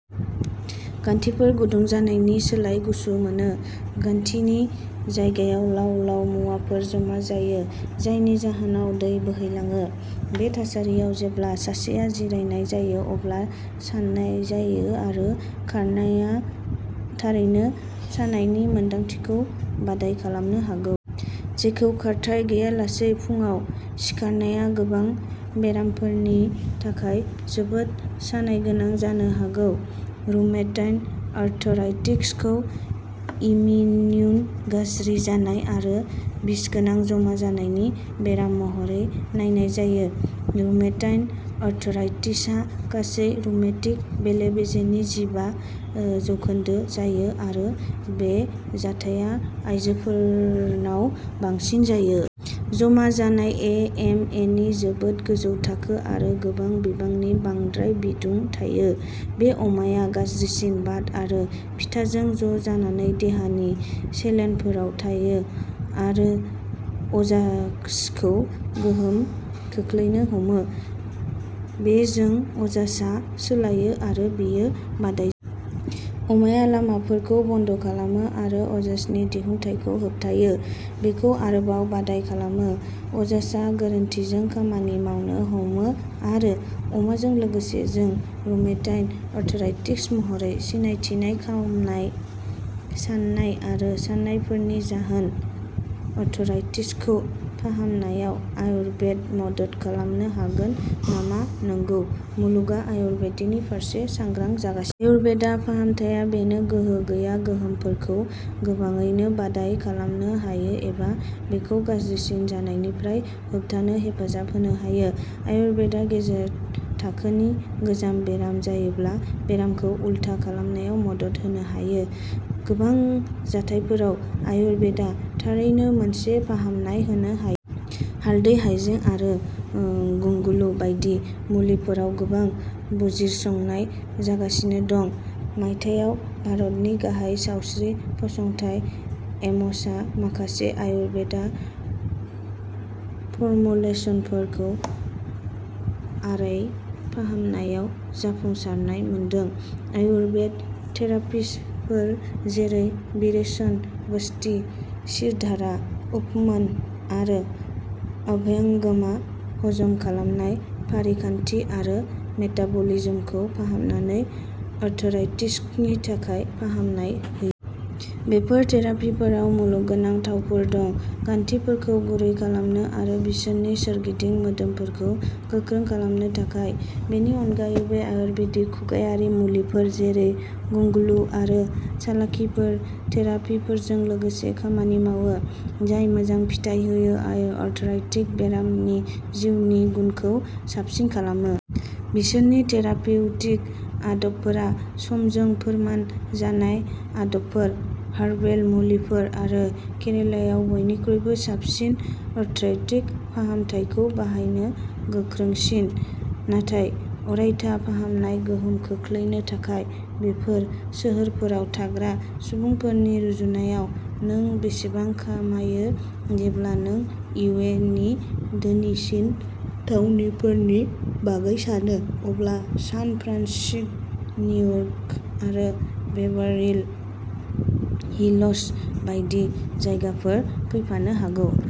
गान्थिफोरा गुदुं जानायनि सोलाय गुसु मोनो। गान्थिनि जायगायाव लाव-लाव मुवाफोरा जमा जायो, जायनि जाहोनाव दै बोहैलाङो। बे थासारियाव, जेब्ला सासेआ जिरायनाय जायो अब्ला साननाय जायो आरो खारनाया थारैनो सानायनि मोन्दांथिखौ बादाइ खालामनो हागौ। जेखौ खारथाइ गैयालासे फुंआव सिखारनाया गोबां बेरामिफोरनि थाखाय जोबोद सानायगोनां जानो हागौ। रुमेटइड आर्थराइटिस खौ इमिउन गाज्रि जानाय आरो बिसगोनां जमा जानायनि बेराम महरै नायनाय जायो। रुमेटइड आर्थराइटिसआ गासै रुमेटिक बेले-बेजेनि जिबा जौखोन्दो जायो आरो बे जाथाया आयजोफोरनाव बांसिन जायो। जमा जानाय ए एम एनि जोबोद गोजौ थाखो आरो गोबां बिबांनि बांद्राय बिदुं थायो। बे आमाया, गाज्रिसिन बात आरो पित्ताजों ज'जानानै देहानि चेलेनफोराव थायो आरो अजाक्सखौ गोहोम खोख्लैनो हमो। बेजों अजासआ सोलायो आरो बेयो बादाय आमाया लामाफोरखौ बन्द' खालामो आरो अजासनि दिहुनथायखौ होबथायो, बेखौ आरोबाव बाङाइ खालामो। अजासआ गोरोन्थिजों खामानि मावनो हमो आरो, आमाजों लोगोसे, जों रुमेटइड अर्थ'राइटिस महरै सिनायथिनाय खामनाय, सानाय आरो सानायफोरनि जाहोन। आर्थ'राइटिसखौ फाहामनायाव आयुर्बेदा मदद खालामनो हागोन नामा नंगौ, मुलुगआ आयुर्बेदनि फारसे सांग्रां जागासि आयुर्बेदा फाहामथाया बेनि गोहो गैयै गोहोमफोरखौ गोबाङैनो बाङाय खालामनो हायो एबा बेखौ गाज्रिसिन जानायनिफ्राय होबथानो हेफाजाब होनो हायो। आयुर्बेदा गेजेर थाखोनि गोजाम बेराम जायोब्ला बेरामखौ उलथा खालामनायाव मदद होनो हायो। गोबां जाथायफोराव, आयुर्बेदा थारैनो मोनसे फाहामनाय होनो हायो। हालदै, हायजें, आरो गुग्गुलु बायदि मुलिफोराव गोबां बिजिरसंनाय जागासिनो दं। मायथाइयाव, भारतनि गाहाय सावस्रि फसंथाय एम्सआ माखासे आयुर्बेदा फर्मुलेसनफोरखौ आरए फाहामनायाव जाफुंसारनाय मोनदों। आयुर्बेदा थेरापिस्टफोर जेरै बिरेचन, बस्ति, शिरधारा, उपनहम आरो अभ्यंगमआ हजम खालामनाय फारिखान्थि आरो मेटाबलिज्मखौ फाहामनानै आर्थराइटिसनि थाखाय फाहामनाय होयो। बेफोर थेरापिफोराव मुलिगोनां थावफोर दं। गान्थिफोरखौ गुरै खालामनो आरो बिसोरनि सोरगिदिं मोदोमफोरखौ गोख्रों खालामनो थाखाय। बेनि अनगायैबो, आयुर्वेदिक खुगायारि मुलिफोर जेरै गुग्गुलु आरो सल्लाकिफोरा थेरापिफोरजों लोगोसे खामानि मावो, जाय मोजां फिथाय होयो आरो आथ्राइटिक बेरामिनि जिउनि गुनखौ साबसिन खालामो। बिसोरनि थेरापिउटिक आदबफोरा समजों फोरमान जानाय आदबफोर, हार्बेल मुलिफोर आरो केरालायाव बयनिख्रुइ साबसिन आथ्राइटिस फाहामथायखौ बाहायो गोख्रैसिन, नाथाय अरायथा फाहामनाय गोहोम खोख्लैनो थाखाय। बेफोर सोहोरफोराव थाग्रा सुबुंफोरनि रुजुनायाव नों बेसेबां खामायो जेब्ला नों इउ एस नि धोनिसिन थावनिफोरनि बागै सानो, अब्ला सान फ्रान्सिस्क, निउयर्क आरो बेभारलि हिल्स बायदि जायगाफोरा फैफानो हागौ।